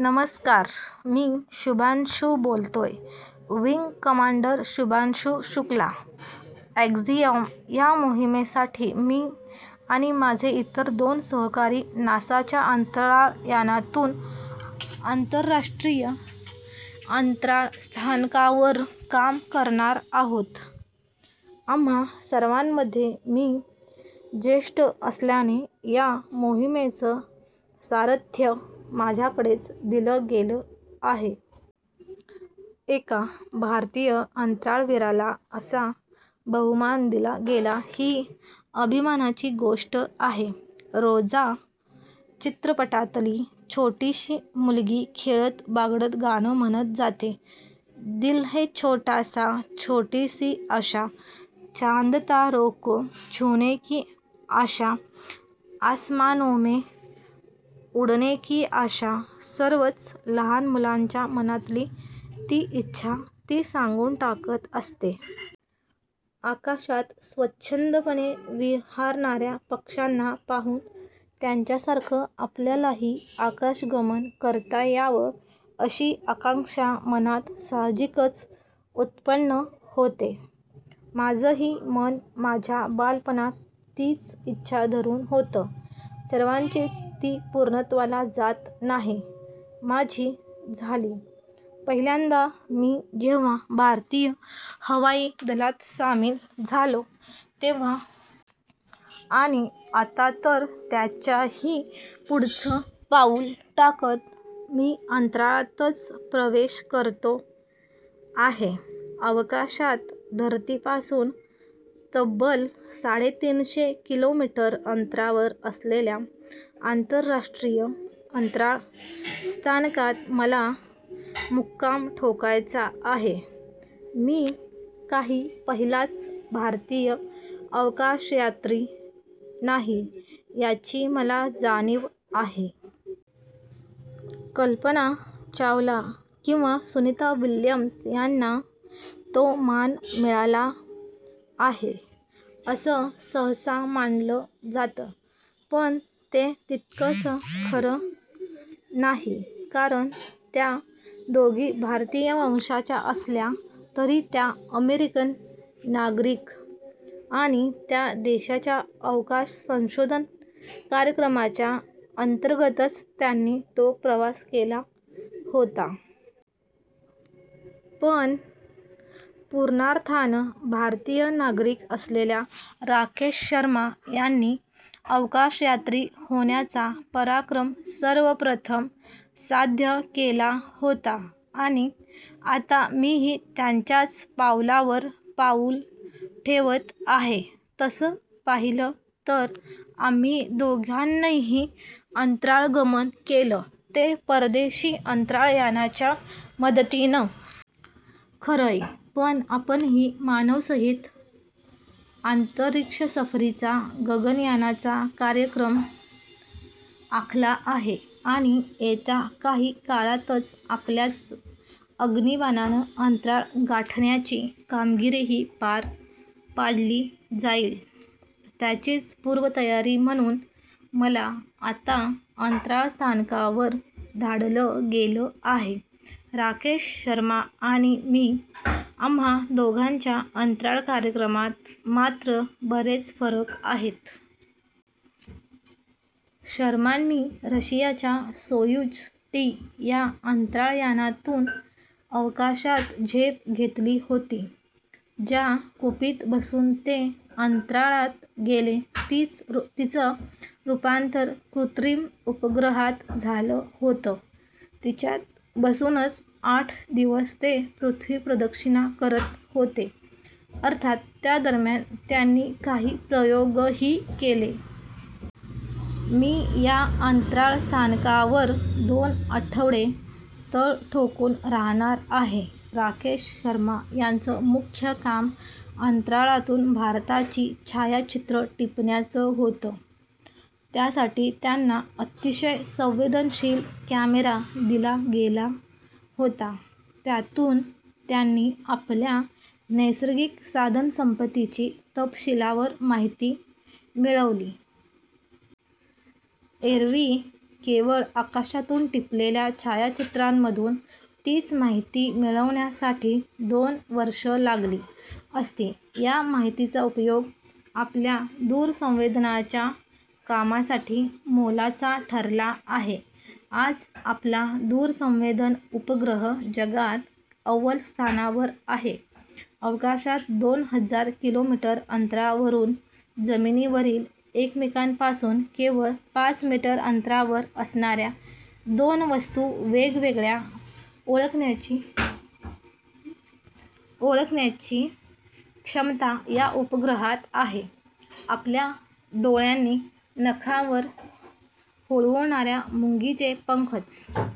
नमस्कार. मी शुभांशू बोलतोय. Wing commander Shubhanshu Shukla. 'Axiom ' या मोहिमेसाठी मी आणि माझे इतर दोन सहकारी नासाच्या अंतराळयानातून आंतरराष्ट्रीय अंतराळस्थानकावर काम करणार आहोत. आम्हा सर्वांमध्ये मी ज्येष्ठ असल्याने या मोहिमेचं सारथ्य माझ्याकडेच दिलं गेलं आहे. एका भारतीय अंतराळवीराला असा बहुमान दिला गेला, ही अभिमानाचीच गोष्ट आहे. 'रोजा' चित्रपटातली छोटीशी मुलगी खेळत, बागडत, गाणं म्हणत जाते- 'दिल है छोटासा, छोटीसी आशा, चांदतारोंको छुनेकी आशा, आसमानोंमे उडनेकी आशा'. सर्वच लहान मुलांच्या मनातली ती इच्छा ती सांगून टाकत असते. आकाशात स्वच्छंदपणे विहरणाऱ्या पक्ष्यांना पाहून त्याच्यासारखं आपल्यालाही आकाशगमन करता यावं, अशी आकांक्षा मनात साहजिकच उत्पन्न होते. माझंही मन माझ्या बालपणात तीच इच्छा धरून होतं. सर्वांचीच ती पूर्णत्वाला जात नाही; माझी झाली. पहिल्यांदा मी जेव्हा भारतीय हवाई दलात सामील झालो तेव्हा. आणि आता तर त्याच्याही पुढचं पाऊल टाकत मी अंतराळातच प्रवेश करतो आहे. अवकाशात धरतीपासून तब्बल साडेतीनशे किलोमीटर अंतरावर असलेल्या आंतरराष्ट्रीय अंतराळ स्थानकात मला मुक्काम ठोकायचा आहे. मी काही पहिलाच भारतीय अवकाशयात्री नाही, याची मला जाणीव आहे. कल्पना चावला किंवा सुनीता विल्यम्स यांना तो मान मिळाला आहे, असं सहसा मानलं जातं. पण ते तितकंसं खरं नाही. कारण त्या दोघी भारतीय वंशाच्या असल्या तरी त्या अमेरिकन नागरिक. आणि त्या देशाच्या अवकाश संशोधन कार्यक्रमाच्या अंतर्गतच त्यांनी तो प्रवास केला होता. पण पूर्णार्थानं भारतीय नागरिक असलेल्या राकेश शर्मा यांनी अवकाशयात्री होण्याचा पराक्रम सर्वप्रथम साध्य केला होता. आणि आता मीही त्यांच्याच पावलावर पाऊल ठेवत आहे. तसं पाहिलं तर आम्ही दोघांनीही अंतराळगमन केलं ते परदेशी अंतराळयानांच्या मदतीनं. खरंय! पण आपणही मानवसहित अंतरिक्षसफरीचा, गगनयानाचा, कार्यक्रम आखला आहे. आणि येत्या काही काळातच आपल्याच अग्निबाणानं अंतराळ गाठण्याची कामगिरीही पार पाडली जाईल. त्याचीच पूर्वतयारी म्हणून मला आता अंतराळस्थानकावर धाडलं गेलं आहे. राकेश शर्मा आणि मी, आम्हा दोघांच्या अंतराळकार्यक्रमात मात्र बरेच फरक आहेत. शर्मांनी रशियाच्या 'सोयुझ टी' या अंतराळयानातून अवकाशात झेप घेतली होती. ज्या कुपीत बसून ते अंतराळात गेले तिचं रूपांतर कृत्रिम उपग्रहात झालं होतं. तिच्यात बसूनच आठ दिवस ते पृथ्वीप्रदक्षिणा करत होते. अर्थात त्या दरम्यान त्यांनी काही प्रयोगही केले. मी या अंतराळस्थानकावर दोन आठवडे तळ ठोकून राहणार आहे. राकेश शर्मा यांचं मुख्य काम अंतराळातून भारताची छायाचित्रं टिपण्याचं होतं. त्यासाठी त्यांना अतिशय संवेदनशील कॅमेरा दिला गेला होता. त्यातून त्यांनी आपल्या नैसर्गिक साधनसंपत्तीची तपशीलवार माहिती मिळवली. एरवी केवळ आकाशातून टिपलेल्या छायाचित्रांमधून तीच माहिती मिळवण्यासाठी दोन वर्षं लागली असती. या माहितीचा उपयोग आपल्या दूरसंवेदनाच्या कामासाठी मोलाचा ठरला आहे. आज आपला दूरसंवेदन उपग्रह जगात अव्वल स्थानावर आहे. अवकाशात दोन हजार किलोमीटर अंतरावरून जमिनीवरील एकमेकांपासून केवळ पाच मीटर अंतरावर असणाऱ्या दोन वस्तू वेगवेगळ्या ओळखण्याची क्षमता या उपग्रहात आहे. आपल्या डोळ्यांनी नखावर हुळहुळणाऱ्या मुंगीचे पंखच